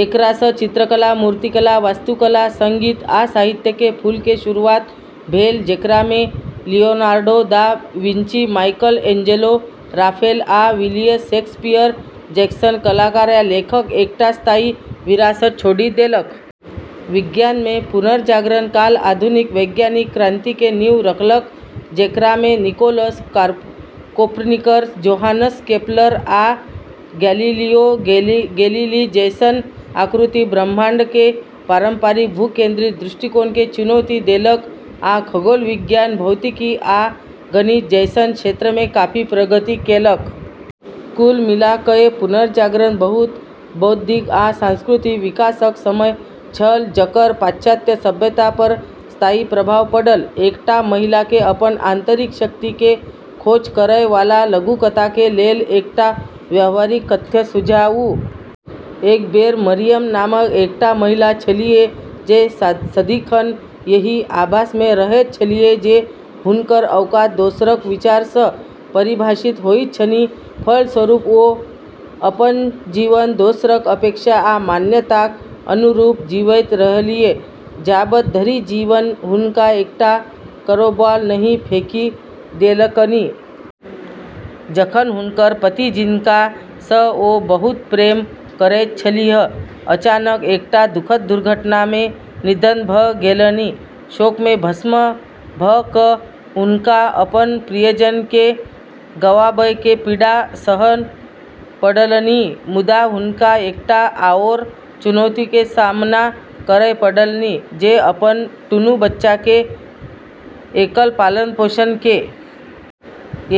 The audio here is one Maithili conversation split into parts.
एकरा सँ चित्रकला, मूर्तिकला, वास्तुकला, संगीत, आ साहित्य के फूल के शुरुआत भेल, जेकरा मे Leonardo da Vinci, Michelangelo, Raphael, आ विलियम शेक्सपियर जैसन कलाकार आ लेखक एकटा स्थायी विरासत छोड़ि देलक। विज्ञान मे पुनर्जागरण काल आधुनिक वैज्ञानिक क्रांति के नींव रखलक, जेकरा मे निकोलस कोपर्निकस, जोहानस केपलर, आ गैलिलियो गैलिली जैसन आकृति ब्रह्मांड के पारंपरिक भूकेंद्रित दृष्टिकोण के चुनौती देलक आ खगोल विज्ञान, भौतिकी, आ गणित जैसन क्षेत्र मे काफी प्रगति केलक। कुल मिला कए पुनर्जागरण बहुत बौद्धिक आ सांस्कृतिक विकासक समय छल, जकर पाश्चात्य सभ्यता पर स्थायी प्रभाव पड़ल। एकटा महिला के अपन आंतरिक-शक्ति के खोज करय वाला लघुकथा के लेल एकटा व्यावहारिक कथ्य सुझाउ। एक बेर मरियम नामक एकटा महिला छलीह जे सदिखन एहि आभास मे रहैत छलीह जे हुनकर औकात दोसरक विचार सँ परिभाषित होइत छनि। फलस्वरूप, ओ अपन जीवन दोसरक अपेक्षा आ मान्यताक अनुरूप जीबैत रहलीह, जाबत धरि जीवन हुनका एकटा कर्वबॉल नहि फेकि देलकनि। जखन हुनकर पति, जिनका सँ ओ बहुत प्रेम करैत छलीह, अचानक एकटा दुखद दुर्घटना मे निधन भ' गेलनि। शोक मे भस्म भ' क' हुनका अपन प्रियजन केँ गंवाबय के पीड़ा सहय पड़लनि, मुदा हुनका एकटा आओर चुनौती के सामना करय पड़लनि, जे अपन दुनू बच्चा के एकल पालन-पोषण के।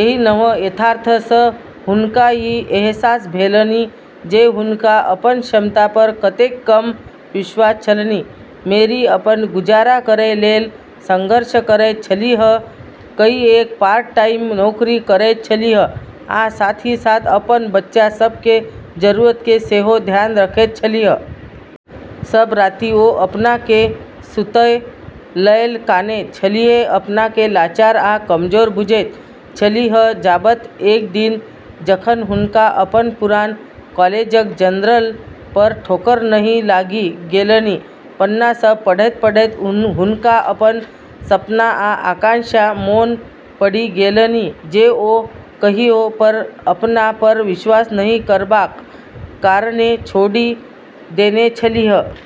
एहि नव यथार्थ सँ हुनका ई अहसास भेलनि जे हुनका अपन क्षमता पर कतेक कम विश्वास छलनि। मैरी अपन गुजारा करै लेल संघर्ष करैत छलीह, कईएक पार्ट टाइम नौकरी करैत छलीह आ साथ ही साथ अपन बच्चा सभ के जरूरत के सेहो ध्यान रखैत छलीह। सब राति ओ अपना केँ सुतय लेल कानैत छलीह, अपना केँ लाचार आ कमजोर बुझैत छलीह, जाबत एक दिन, जखन हुनका अपन पुरान कॉलेजक जर्नल पर ठोकर नहि लागि गेलनि। पन्ना सभ पढ़ैत-पढ़ैत हुनका अपन सपना आ आकांक्षा मोन पड़ि गेलनि जे ओ कहियो अपना पर विश्वास नहि करबाक कारणेँ छोड़ि देने छलीह।